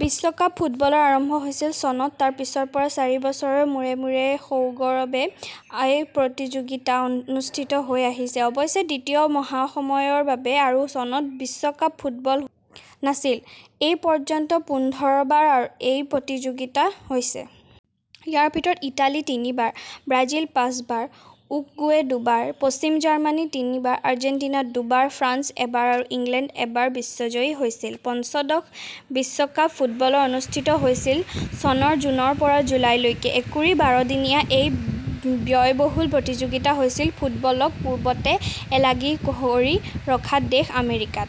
বিশ্বকাপ ফুটবলৰ আৰম্ভ হৈছিল চনত, তাৰ পিছৰপৰা চাৰি বছৰৰ মূৰে মূৰে সগৌৰৱে এই প্ৰতিযোগিতা অনুষ্ঠিত হৈ আহিছে। অৱশ্যে দ্বিতীয় মহাসমৰৰ বাবে আৰু চনত বিশ্বকাপ ফুটবল হোৱা নাছিল। এই পৰ্যন্ত পোন্ধৰবাৰ এই প্ৰতিযোগিতা হৈছে। ইয়াৰ ভিতৰত ইটালী তিনিবাৰ, ব্ৰাজিল পাঁচবাৰ, উকগুৱে দুবাৰ, পশ্চিম জাৰ্মানী তিনিবাৰ, আৰ্জেন্টিনা দুবাৰ ফ্ৰান্স এবাৰ আৰু ইংলণ্ড এবাৰ বিশ্ববিজয়ী হৈছিল। পঞ্চদশ বিশ্বকাপ ফুটবল অনুষ্ঠিত হৈছিল চনৰ জুনৰপৰা জুলাইলৈ ৷ একুৰি বাৰদিনীয়া এই ব্যয়বহুল প্ৰতিযোগিতা হৈছিল ফুটবলক পূৰ্বতে এলাগী কৰি ৰখা দেশ আমেৰিকাত।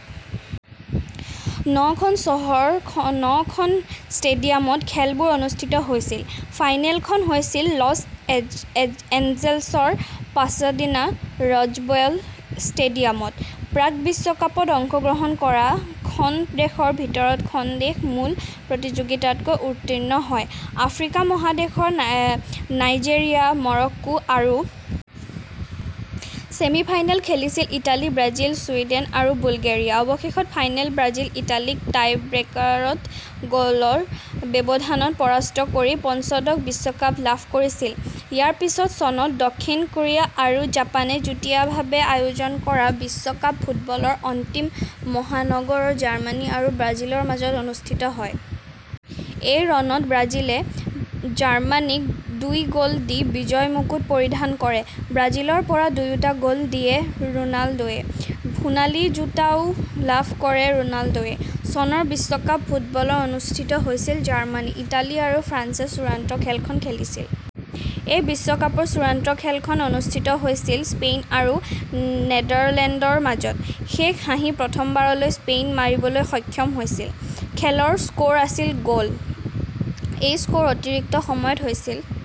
ন খন চহৰৰ ন খন ষ্টেডিয়ামত খেলবোৰ অনুষ্ঠিত হৈছিল। ফাইনেলখন হৈছিল লছ এঞ্জেল্ছৰ পাচাদেনা ৰ'জবল ষ্টেডিয়ামত। প্ৰাক্-বিশ্বকাপত অংশগ্ৰহণ কৰা খন দেশৰ ভিতৰত খন দেশ মূল প্ৰতিযোগিতাতকৈ উত্তীৰ্ণ হয়। আফ্ৰিকা মহাদেশৰ নাইজেৰিয়া, মৰক্কো আৰু ছেমি ফাইনেল খেলিছিল ইটালী, ব্ৰাজিল, ছুইডেন আৰু বুলগেৰিয়াই। অৱশেষত ফাইনেলত ব্ৰাজিলে ইটালীক টাই-ব্ৰেকাৰত গ'লৰ ব্যৱধানত পৰাস্ত কৰি পঞ্চদশ বিশ্বকাপ লাভ কৰিছিল। ইয়াৰ পিছত চনত দক্ষিণ কোৰিয়া আৰু জাপানে যুটীয়াভাৱে আয়োজন কৰা বিশ্বকাপ ফুটবলৰ অন্তিম মহাৰণখন জাৰ্মানী আৰু ব্ৰাজিলৰ মাজত অনুষ্ঠিত হয়। এই ৰণত ব্ৰাজিলে জাৰ্ম্মানিক দুই গ'ল দি বিজয় মুকুট পৰিধান কৰে। ব্ৰাজিলৰ হৈ দুয়োটা গ'ল দিয়ে ৰোণাল্ডোৱে। সোণালী জোটাও লাভ কৰে ৰোণাল্ডোৱে। চনৰ বিশ্বকাপ ফুটবল অনুষ্ঠিত হৈছিল জাৰ্মানিত। ইটালী আৰু ফ্লান্সে চূড়ান্ত খেলখন খেলিছিল। এই বিশ্বকাপৰ চূড়ান্ত খেলখন অনুষ্ঠিত হৈছিল স্পেইন আৰু নেদাৰলেণ্ডৰ মাজত। শেষ হাঁহি প্ৰথমবাৰলৈ স্পেইনে মাৰিবলৈ সক্ষম হৈছিল। খেলৰ স্ক'ৰ আছিল গ'ল। এই স্ক'ৰ অতিৰিক্ত সময়ত হৈছিল,